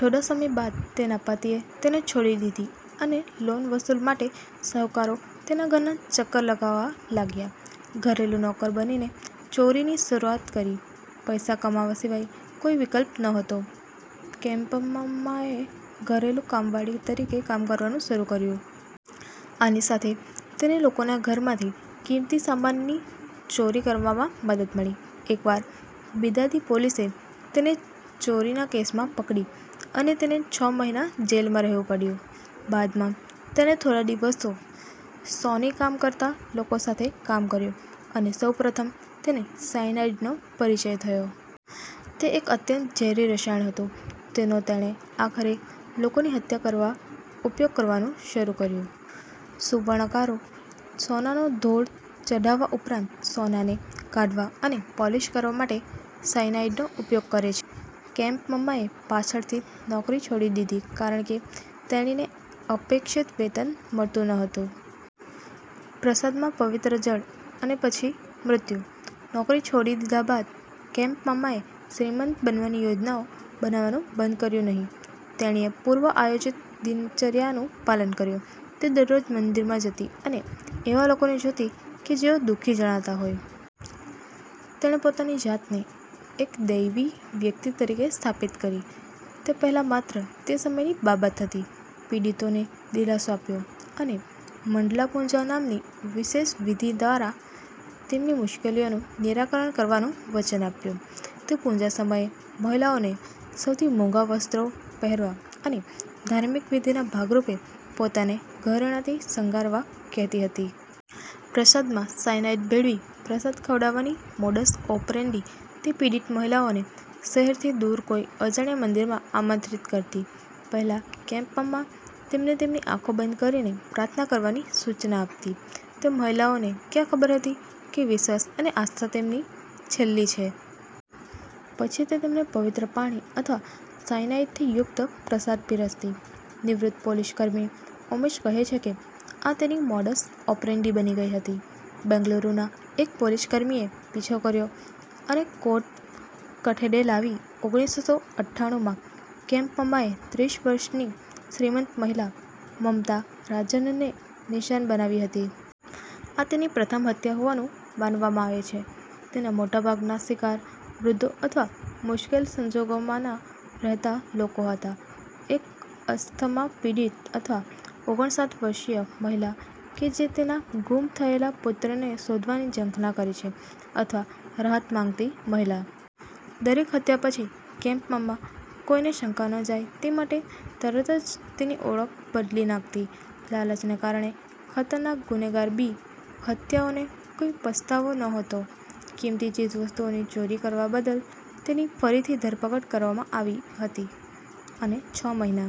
થોડા સમય બાદ તેના પતિએ તેને છોડી દીધી અને લોન વસૂલવા માટે શાહુકારો તેના ઘરના ચક્કર લગાવવા લાગ્યા. ઘરેલુ નોકર બનીને ચોરીની શરૂઆત કરી, પૈસા કમાવા સિવાય કોઈ વિકલ્પ ન હતો, કેમ્પમ્માએ ઘરેલુ કામવાળી તરીકે કામ કરવાનું શરૂ કર્યું. આનાથી તેને લોકોના ઘરમાંથી કિંમતી સામાનની ચોરી કરવામાં મદદ મળી. એકવાર બિદાદી પોલીસે તેને ચોરીના કેસમાં પકડી અને તેને છ મહિના જેલમાં રહેવું પડ્યું. બાદમાં તેણે થોડા દિવસો સોની કામ કરતા લોકો સાથે કામ કર્યું અને સૌપ્રથમ તેને સાયનાઈડનો પરિચય થયો. તે એક અત્યંત ઝેરી રસાયણ હતું, જેનો તેણે આખરે લોકોની હત્યા કરવા ઉપયોગ કરવાનું શરૂ કર્યું. સુવર્ણકારો સોનાનો ઢોળ ચઢાવવા ઉપરાંત, સોનાને કાઢવા અને પોલિશ કરવા માટે સાયનાઇડનો ઉપયોગ કરે છે. કેમ્પમ્માએ પાછળથી નોકરી છોડી દીધી કારણ કે, તેણીને અપેક્ષિત વેતન મળતું ન હતું. પ્રસાદમાં પવિત્ર જળ અને પછી મૃત્યુ. નોકરી છોડી દીધા બાદ, કેમ્પમ્માએ શ્રીમંત બનવાની યોજનાઓ બનાવવાનું બંધ કર્યું નહીં. તેણીએ પૂર્વ આયોજિત દિનચર્યાનું પાલન કર્યું. તે દરરોજ મંદિરમાં જતી અને એવા લોકોને જોતી કે જેઓ દુઃખી જણાતા હોય. તેણે પોતાની જાતને એક દૈવી વ્યક્તિ તરીકે સ્થાપિત કરી, તે પહેલાં માત્ર તે સમયની બાબત હતી. પીડિતોને દિલાસો આપ્યો અને 'મંડલા પૂજા' નામની વિશેષ વિધિ દ્વારા તેમની મુશ્કેલીઓનું નિરાકરણ કરવાનું વચન આપ્યું. તે પૂજા સમયે મહિલાઓને સૌથી મોંઘા વસ્ત્રો પહેરવા અને ધાર્મિક વિધિના ભાગરૂપે પોતાને ઘરેણાંથી શણગારવા કહેતી હતી. પ્રસાદમાં સાયનાઈડ ભેળવી પ્રસાદ ખવડાવવાની મોડસ ઓપરેન્ડી તે પીડિત મહિલાઓને શહેરથી દુર કોઈ અજાણ્યા મંદિરમાં આમંત્રિત કરતી, પહેલા કેમ્પમ્મા તેમને તેમની આંખો બંધ કરીને પ્રાર્થના કરવાની સૂચના આપતી. તે મહિલાઓને ક્યાં ખબર હતી કે વિશ્વાસ અને આસ્થા તેમની છેલ્લી છે. પછી તે તેમને "પવિત્ર પાણી" અથવા સાઇનાઇડથી યુક્ત પ્રસાદ પીરસતી. નિવૃત્ત પોલીસકર્મી ઉમેશ કહે છે કે, આ તેની મોડસ ઓપરેન્ડી બની ગઈ હતી. બેંગલુરુના એક પોલીસકર્મીએ પીછો કર્યો અને કોર્ટ કઠેડે લાવી ઓગણીસસો અઠ્ઠાનુંમાં કેમ્પમ્માએ ત્રીસ વર્ષની શ્રીમંત મહિલા મમતા રાજનને નિશાન બનાવી હતી. આ તેની પ્રથમ હત્યા હોવાનું માનવામાં આવે છે. તેના મોટા ભાગના શિકાર, વૃદ્ધો અથવા મુશ્કેલ સંજોગોમાંના રહેતા લોકો હતા. એક અસ્થમા પીડિત અથવા ઓગણસાઠ વર્ષીય મહિલા કે જે તેના ગુમ થયેલા પુત્રને શોધવાની ઝંખના કરે છે, અથવા રાહત માંગતી મહિલા. દરેક હત્યા પછી, કેમ્પમ્મા કોઈને શંકા ન જાય તે માટે તરત જ તેની ઓળખ બદલી નાખતી. લાલચને કારણે ખતરનાક ગુનેગાર બી, હત્યાઓનો કોઈ પસ્તાવો નહોતો, કીમતી ચીજવસ્તુઓની ચોરી કરવા બદલ તેની ફરીથી ધરપકડ કરવામાં આવી હતી અને છ મહિના